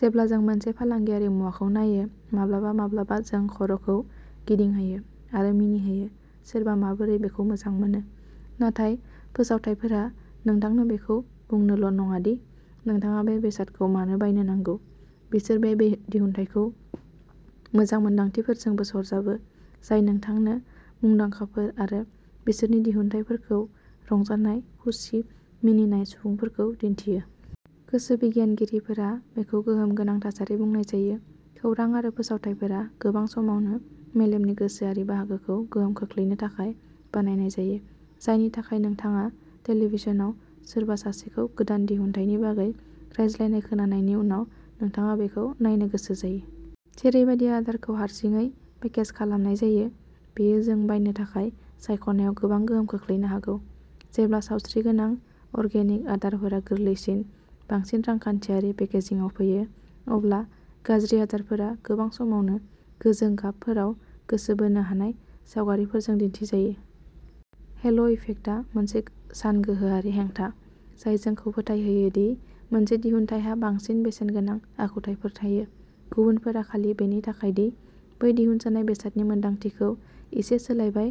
जेब्ला जों मोनसे फालांगियारि मुवाखौ नायो, माब्लाबा माब्लाबा जों खर'खौ गिदिं होयो आरो मिनिहोयो सोरबा माबोरै बेखौ मोजां मोनो? नाथाय फोसावथायफोरा नोंथांनो बेखौ बुंनोल' नङा दि नोंथाङा बे बेसादखौ मानो बायनो नांगौ। बिसोर बे दिहुनथायखौ मोजां मोनदांथिफोरजोंबो सरजाबो, जाय नोंथांनो मुंदांखाफोर आरो बिसोरनि दिहुनथाइफोरखौ रंजानाय खुसि, मिनिनाय सुबुंफोरखौ दिन्थियो। गोसो बिगियानगिरिफोरा बेखौ गोहोम गोनां थासारि बुंनाय जायो। खौरां आरो फोसावथाइफोरा गोबां समावनो मेलेमनि गोसोआरि बाहागोखौ गोहोम खोख्लैनो थाखाय बानायनाय जायो, जायनि थाखाय नोंथाङा टेलिभिजनआव सोरबा सासेखौ गोदान दिहुनथायनि बागै रायज्लायनाय खोनानायनि उनाव, नोंथाङा बेखौ नायनो गोसो जायो। जेरैबादि आदारखौ हारसिङै पेकेज खालामनाय जायो, बेयो जों बायनो थाखाय सायख'नायाव गोबां गोहोम खोख्लैनो हागौ। जेब्ला सावस्रिगोनां, अर्गेनिक आदारफोरा गोरलैसिन, बांसिन रांखान्थियारि पेकेजिंआव फैयो, अब्ला गाज्रि आदारफोरा गोबां समावनो गोजों गाबफोराव गोसो बोनो हानाय सावगारिफोरजों दिन्थिजायो। हेल'इफेक्टआ मोनसे सानगोहोआरि हेंथा, जाय जोंखौ फोथायहोयो दि मोनसे दिहुनथाइहा बांसिन बेसेनगोनां आखुथायफोर थायो। गुबुनफोरा खालि बेनि थाखाय दि बै दिहुनजानाय बेसादनि मोनदांथिखौ एसे सोलायबाय।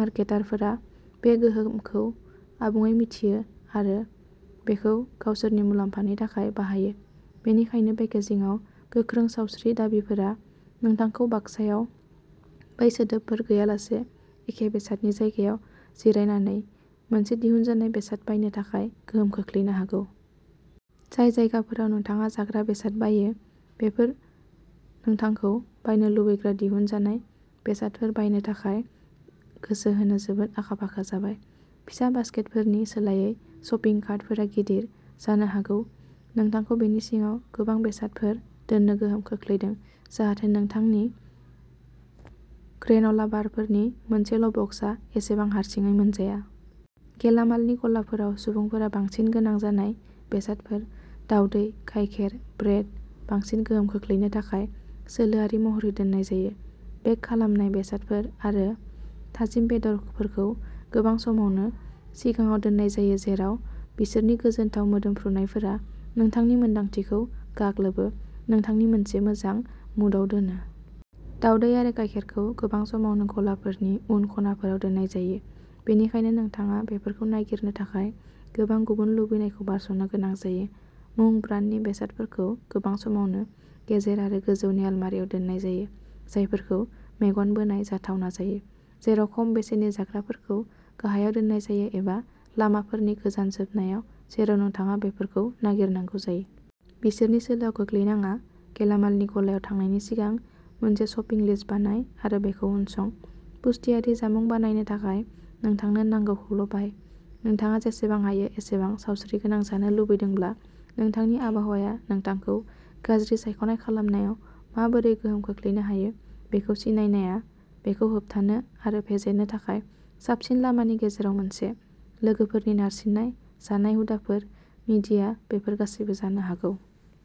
मार्केटारफोरा बे गोहोमखौ आबुङै मिथियो आरो बेखौ गावसोरनि मुलाम्फानि थाखाय बाहायो बेनिखायनो पेकेजिंआव गोख्रों सावस्रि दाबिफोरा नोंथांखौ बाक्सायाव बै सोदोबफोर गैयालासे एखे बेसादनि जायगायाव जिरायनानै मोनसे दिहुनजानाय बेसाद बायनो थाखाय गोहोम खोख्लैनो हागौ। जाय जायगाफोराव नोंथाङा जाग्रा बेसाद बायो, बेफोर नोंथांखौ बायनो लुबैग्रा दिहुनजानाय बेसादफोर बायनो थाखाय गोसो होनो जोबोद आखा-फाखा जाबाय। फिसा बासकेटफोरनि सोलायै, शपिं कार्टफोरा गिदिर, जानो हागौ नोंथांखौ बेनि सिङाव गोबां बेसादफोर दोननो गोहोम खोख्लैदों जाहाथे नोंथांनि ग्रेन'ला बारफोरनि मोनसेल'बक्सआ एसेबां हारसिङै मोनजाया। गेलामालनि गलाफोराव सुबुंफोरा बांसिन गोनां जानाय बेसादफोर, दावदै, गायखेर, ब्रेड, बांसिन गोहोम खोख्लैनो थाखाय सोलोआरि महरै दोननाय जायो। बेक खालामनाय बेसादफोर आरो थाजिम बेदरफोरखौ गोबां समावनो सिगाङाव दोननाय जायो, जेराव बिसोरनि गोजोनथाव मोदोमफ्रुनायफोरा नोंथांनि मोनदांथिखौ गाग्लोबो, नोंथांखौ मोनसे मोजां मुडआव दोनो। दावदै आरो गायखेरखौ गोबां समावनो गलाफोरनि उन खनाफोराव दोननाय जायो, बेनिखायनो नोंथाङा बेफोरखौ नागिरनो थाखाय गोबां गुबुन लुबैनायखौ बारस'नो गोनां जायो। मुं ब्रान्डनि बेसादफोरखौ गोबां समावनो गेजेर आरो गोजौनि अलमारियाव दोननाय जायो, जायफोरखौ मेगन बोनाय जाथावना जायो, जेराव खम बेसेननि जाग्राफोरखौ गाहायाव दोननाय जायो, एबा लामाफोरनि गोजान जोबनायाव जेराव नोंथाङा बेफोरखौ नागिरनांगौ जायो। बिसोरनि सोलोआव गोग्लैनाङा गेलामालनि गलायाव थांनायनि सिगां, मोनसे शपिं लिस्ट बानाय आरो बेखौ उनसं। पुष्टियारि जामुं बानायनो थाखाय नोंथांनो नांगौखौल'बाय। नोंथाङा जेसेबां हायो एसेबां सावस्रिगोनां जानो लुबैदोंब्ला, नोंथांनि आबहावाया नोंथांखौ गाज्रि सायख'नाय खालामनायाव माबोरै गोहोम खोख्लैनो हायो बेखौ सिनायनाया बेखौ होबथानो आरो फेजेननो थाखाय साबसिन लामाफोरनि गेजेराव मोनसे। लोगोफोरनि नारसिननाय, जानाय हुदाफोर, मिडिया, बेफोर गासैबो जानो हागौ।